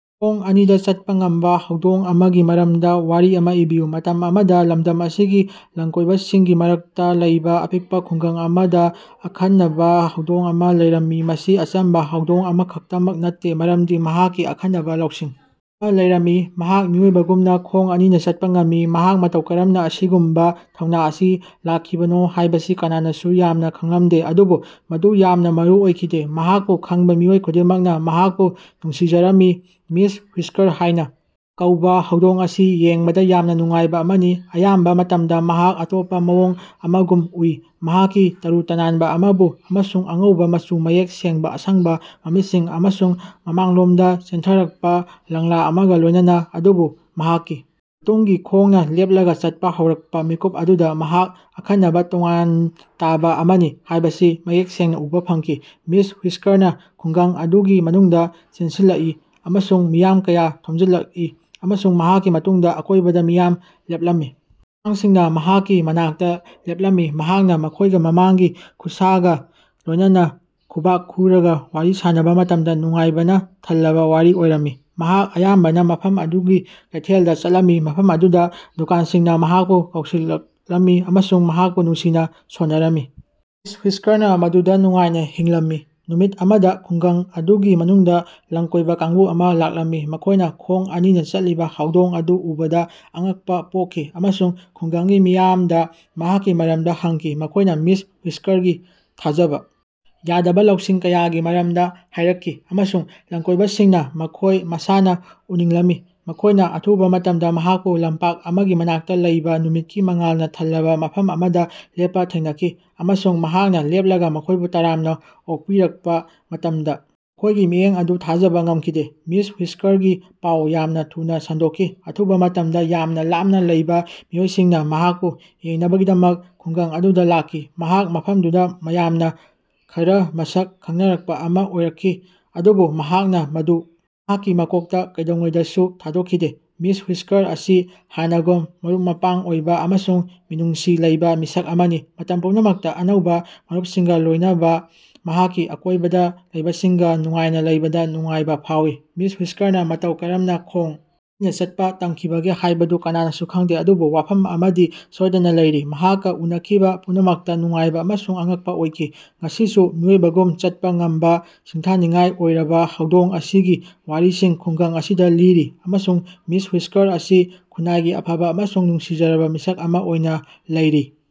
ꯈꯣꯡ ꯑꯅꯤꯗ ꯆꯠꯄ ꯉꯝꯕ ꯍꯧꯗꯣꯡ ꯑꯃꯒꯤ ꯃꯔꯝꯗ ꯋꯥꯔꯤ ꯑꯃ ꯏꯕꯤꯌꯨ꯫ ꯃꯇꯝ ꯑꯃꯗ ꯂꯝꯗꯝ ꯑꯁꯤꯒꯤ ꯂꯝꯀꯣꯏꯕꯁꯤꯡꯒꯤ ꯃꯔꯛꯇꯥ ꯂꯩꯕꯥ ꯑꯄꯤꯛꯄꯥ ꯈꯨꯡꯒꯪ ꯑꯃꯗ ꯑꯈꯟꯅꯕ ꯍꯧꯗꯣꯡ ꯑꯃ ꯂꯩꯔꯝꯃꯤ꯫ ꯃꯁꯤ ꯑꯆꯝꯕ ꯍꯧꯗꯣꯡ ꯑꯃꯈꯛꯇꯃꯛ ꯅꯠꯇꯦ ꯃꯔꯝꯗꯤ ꯃꯍꯥꯛꯀꯤ ꯑꯈꯟꯅꯕꯥ ꯂꯧꯁꯤꯡ ꯑꯃ ꯂꯩꯔꯝꯃꯤ- ꯃꯍꯥꯛ ꯃꯤꯑꯣꯏꯕꯒꯨꯝꯅꯥ ꯈꯣꯡ ꯑꯅꯤꯅ ꯆꯠꯄꯥ ꯉꯝꯃꯤ꯫ ꯃꯍꯥꯛ ꯃꯇꯧ ꯀꯔꯝꯅ ꯑꯁꯤꯒꯨꯝꯕ ꯊꯧꯅ ꯑꯁꯤ ꯂꯈꯤꯕꯅꯣ ꯍꯥꯌꯕꯁꯤ ꯀꯅꯥꯅꯁꯨ ꯌꯥꯝꯅ ꯈꯉꯂꯝꯗꯦ ꯑꯗꯨꯕꯨ ꯃꯗꯨ ꯌꯥꯝꯅ ꯃꯔꯨ ꯑꯣꯏꯈꯤꯗꯦ꯫ ꯃꯍꯥꯛꯄꯨ ꯈꯡꯕ ꯃꯤꯑꯣꯏ ꯈꯨꯗꯤꯡꯃꯛꯅ ꯃꯍꯥꯛꯄꯨ ꯅꯨꯡꯁꯤꯖꯔꯝꯃꯤ꯫ ꯃꯤꯁ ꯍꯨꯏꯁꯀꯔ ꯍꯥꯌꯅꯥ ꯀꯧꯕꯥ ꯍꯧꯗꯣꯡ ꯑꯁꯤ ꯌꯦꯡꯕꯗꯥ ꯌꯥꯝꯅ ꯅꯨꯡꯉꯥꯏꯕ ꯑꯃꯅꯤ꯫ ꯑꯌꯥꯝꯕ ꯃꯇꯝꯗ ꯃꯍꯥꯛ ꯑꯇꯣꯞꯄ ꯃꯑꯣꯡ ꯑꯃꯒꯨꯝ ꯎꯏ ꯃꯍꯥꯛꯀꯤ ꯇꯔꯨ ꯇꯅꯥꯟꯕ ꯑꯃꯨꯕ ꯑꯃꯁꯨꯡ ꯑꯉꯧꯕ ꯃꯆꯨ ꯃꯌꯦꯛ ꯁꯦꯡꯕꯥ ꯑꯁꯪꯕ ꯃꯃꯤꯠꯁꯤꯡ ꯑꯃꯁꯨꯡ ꯃꯃꯥꯡꯂꯣꯝꯗ ꯆꯦꯟꯊꯔꯛꯄꯥ ꯂꯪꯂꯥ ꯑꯃꯒ ꯂꯣꯢꯅꯅꯥ꯫ ꯑꯗꯨꯕꯨ ꯃꯍꯥꯛꯀꯤ ꯃꯇꯨꯡꯒꯤ ꯈꯣꯡꯅ ꯂꯦꯞꯂꯒ ꯆꯠꯄ ꯍꯧꯔꯛꯄ ꯃꯤꯀꯨꯞ ꯑꯗꯨꯗ ꯃꯍꯥꯛ ꯑꯈꯟꯅꯕ ꯇꯣꯉꯥꯟ ꯇꯥꯕ ꯑꯃꯅꯤ ꯍꯥꯢꯕꯁꯤ ꯃꯌꯦꯛ ꯁꯦꯡꯅ ꯎꯕ ꯐꯪꯈꯤ꯫ ꯃꯤꯁ ꯍꯨꯏꯁꯀꯔꯅ ꯈꯨꯡꯒꯪ ꯑꯗꯨꯒꯤ ꯃꯅꯨꯡꯗꯥ ꯆꯦꯟꯁꯤꯜꯂꯛꯏ ꯑꯃꯁꯨꯡ ꯃꯤꯌꯥꯝ ꯀꯌꯥ ꯊꯣꯝꯖꯤꯜꯂꯛꯏ ꯑꯃꯁꯨꯡ ꯃꯍꯥꯛꯀꯤ ꯃꯇꯨꯡꯗꯥ ꯑꯀꯣꯏꯕꯗ ꯃꯤꯌꯥꯝ ꯂꯦꯞꯂꯝꯃꯤ꯫ ꯑꯉꯥꯡꯁꯤꯡꯅ ꯃꯍꯥꯛꯀꯤ ꯃꯅꯥꯛꯇ ꯂꯦꯞꯂꯝꯃꯤ ꯃꯍꯥꯛꯅꯥ ꯃꯈꯣꯢꯒ ꯃꯃꯥꯡꯒꯤ ꯈꯨꯠꯁꯥꯒ ꯂꯣꯏꯅꯥꯅ ꯈꯨꯕꯥꯛ ꯈꯨꯔꯒ ꯋꯥꯔꯤ ꯁꯥꯟꯅꯕ ꯃꯇꯝꯗ ꯅꯨꯡꯉꯥꯏꯕꯅ ꯊꯜꯂꯕ ꯋꯥꯔꯤ ꯑꯣꯏꯔꯝꯃꯤ꯫ ꯃꯍꯥꯛ ꯑꯌꯥꯝꯕꯅ ꯃꯐꯝ ꯑꯗꯨꯒꯤ ꯀꯩꯊꯦꯜꯗ ꯆꯠꯂꯝꯃꯤ ꯃꯐꯝ ꯑꯗꯨꯗ ꯗꯨꯀꯥꯟꯁꯤꯡꯅ ꯃꯍꯥꯛꯄꯨ ꯀꯧꯁꯤꯜꯂꯛꯂꯝꯃꯤ ꯑꯃꯁꯨꯡ ꯃꯍꯥꯛꯄꯨ ꯅꯨꯡꯁꯤꯅ ꯁꯣꯟꯅꯔꯝꯃꯤ꯫ ꯈꯔ ꯅ ꯃꯗꯨꯗ ꯅꯨꯡꯉꯥꯏꯅ ꯍꯤꯡꯂꯝꯃꯤ꯫ ꯅꯨꯃꯤꯠ ꯑꯃꯗ ꯈꯨꯡꯒꯪ ꯑꯗꯨꯒꯤ ꯃꯅꯨꯡꯗꯥ ꯂꯝꯀꯣꯢꯕ ꯀꯥꯡꯕꯨ ꯑꯃ ꯂꯥꯛꯂꯝꯃꯤ꯫ ꯃꯈꯣꯢꯅ ꯈꯣꯡ ꯑꯅꯤꯅ ꯆꯠꯂꯤꯕ ꯍꯧꯗꯣꯡ ꯑꯗꯨ ꯎꯕꯗ ꯑꯉꯛꯄ ꯄꯣꯛꯈꯤ ꯑꯃꯁꯨꯡ ꯈꯨꯡꯒꯪꯒꯤ ꯃꯤꯌꯥꯝꯗ ꯃꯍꯥꯛꯀꯤ ꯃꯔꯝꯗ ꯍꯪꯈꯤ꯫ ꯃꯈꯣꯢꯅ ꯃꯤꯁ ꯍꯨꯏꯁ꯭ꯀꯔꯒꯤ ꯊꯥꯖꯕ ꯌꯥꯗꯕ ꯂꯧꯁꯤꯡ ꯀꯌꯥꯒꯤ ꯃꯔꯝꯗ ꯍꯥꯢꯔꯛꯈꯤ ꯑꯃꯁꯨꯡ ꯂꯝꯀꯣꯢꯕꯁꯤꯡꯅ ꯃꯈꯣꯏ ꯃꯁꯥꯅ ꯎꯅꯤꯡꯂꯝꯃꯤ ꯫ ꯃꯈꯣꯢꯅꯥ ꯑꯊꯨꯕ ꯃꯇꯝꯗ ꯃꯍꯥꯛꯄꯨ ꯂꯝꯄꯥꯛ ꯑꯃꯒꯤ ꯃꯅꯥꯛꯇ ꯂꯩꯕꯥ ꯅꯨꯃꯤꯠꯀꯤ ꯃꯉꯥꯜꯅ ꯊꯜꯂꯕ ꯃꯐꯝ ꯑꯃꯗ ꯂꯦꯞꯄ ꯊꯦꯡꯅꯈꯤ ꯑꯃꯁꯨꯡ ꯃꯍꯥꯛꯅ ꯂꯦꯞꯂꯒ ꯃꯈꯣꯏꯕꯨ ꯇꯔꯥꯝꯅ ꯑꯣꯛꯄꯤꯔꯛꯄ ꯃꯇꯝꯗ ꯃꯈꯣꯢꯒꯤ ꯃꯤꯠꯌꯦꯡ ꯑꯗꯨ ꯊꯥꯖꯕ ꯉꯃꯈꯤꯗꯦ꯫ ꯃꯤꯁ ꯍꯨꯏꯁꯀꯔꯒꯤ ꯄꯥꯎ ꯌꯥꯝꯅ ꯊꯨꯅꯥ ꯁꯟꯗꯣꯛꯈꯤ ꯑꯊꯨꯕꯥ ꯃꯇꯝꯗ ꯌꯥꯝꯅ ꯂꯥꯞꯅ ꯂꯩꯕ ꯃꯤꯑꯣꯏꯁꯤꯡꯅꯥ ꯃꯍꯥꯛꯄꯨ ꯌꯦꯡꯅꯕꯒꯤꯗꯃꯛ ꯈꯨꯡꯒꯪ ꯑꯗꯨꯗ ꯂꯥꯛꯈꯤ꯫ ꯃꯍꯥꯛ ꯃꯐꯝꯗꯨꯗ ꯃꯌꯥꯝꯅ ꯈꯔ ꯃꯁꯛ ꯈꯪꯅꯔꯛꯄ ꯑꯃ ꯑꯣꯏꯔꯛꯈꯤ꯫ ꯑꯗꯨꯕꯨ ꯃꯍꯥꯛꯅ ꯃꯗꯨ ꯃꯍꯥꯛꯀꯤ ꯃꯀꯣꯛꯇ ꯀꯩꯗꯧꯉꯩꯗꯁꯨ ꯊꯥꯗꯣꯛꯈꯤꯗꯦ꯫ ꯃꯤꯁ ꯍꯨꯏꯁꯀꯔ ꯑꯁꯤ ꯍꯥꯟꯅꯒꯨꯝ ꯃꯔꯨꯞ-ꯃꯄꯥꯡ ꯑꯣꯏꯕ ꯑꯃꯁꯨꯡ ꯃꯤꯅꯨꯡꯁꯤ ꯂꯩꯕꯥ ꯃꯤꯁꯛ ꯑꯃꯅꯤ ꯫ ꯃꯇꯝ ꯄꯨꯝꯅꯃꯛꯇꯥ ꯑꯅꯧꯕꯥ ꯃꯔꯨꯄꯁꯤꯡꯒꯥ ꯂꯣꯢꯅꯥꯕ ꯃꯍꯥꯛꯀꯤ ꯑꯀꯣꯢꯕꯗ ꯂꯩꯕꯁꯤꯡꯒ ꯅꯨꯡꯉꯥꯏꯅ ꯂꯩꯕꯗ ꯅꯨꯡꯉꯥꯏꯕ ꯐꯥꯎꯏ꯫ ꯃꯤꯁ ꯍꯨꯏꯁꯀꯔꯅ ꯃꯇꯧ ꯀꯔꯝꯅ ꯈꯣꯡ ꯑꯅꯤꯅ ꯆꯠꯄ ꯇꯝꯈꯤꯕꯒꯦ ꯍꯥꯢꯕꯗꯨ ꯀꯅꯥꯅꯁꯨ ꯈꯪꯗꯦ ꯑꯗꯨꯕꯨ ꯋꯥꯐꯝ ꯑꯃꯗꯤ ꯁꯣꯢꯗꯅ ꯂꯩꯔꯤ ꯃꯍꯥꯛꯀꯥ ꯎꯅꯈꯤꯕ ꯄꯨꯝꯅꯃꯛꯇ ꯅꯨꯡꯉꯥꯏꯕ ꯑꯃꯁꯨꯡ ꯑꯉꯛꯄ ꯑꯣꯏꯈꯤ꯫ ꯉꯁꯤꯁꯨ ꯃꯤꯑꯣꯏꯕꯒꯨꯝ ꯆꯠꯄꯥ ꯉꯝꯕ ꯁꯤꯡꯊꯥꯅꯤꯡꯉꯥꯏ ꯑꯣꯏꯔꯕꯥ ꯍꯧꯗꯣꯡ ꯑꯁꯤꯒꯤ ꯋꯥꯔꯤꯁꯤꯡ ꯈꯨꯡꯒꯪ ꯑꯁꯤꯗ ꯂꯤꯔꯤ ꯑꯃꯁꯨꯡ ꯃꯤꯁ ꯍꯨꯏꯁꯀꯔ ꯑꯁꯤ ꯈꯨꯟꯅꯥꯏꯒꯤ ꯑꯐꯕ ꯑꯃꯁꯨꯡ ꯅꯨꯡꯁꯤꯖꯔꯕ ꯃꯤꯁꯛ ꯑꯃ ꯑꯣꯏꯅ ꯂꯩꯔꯤ꯫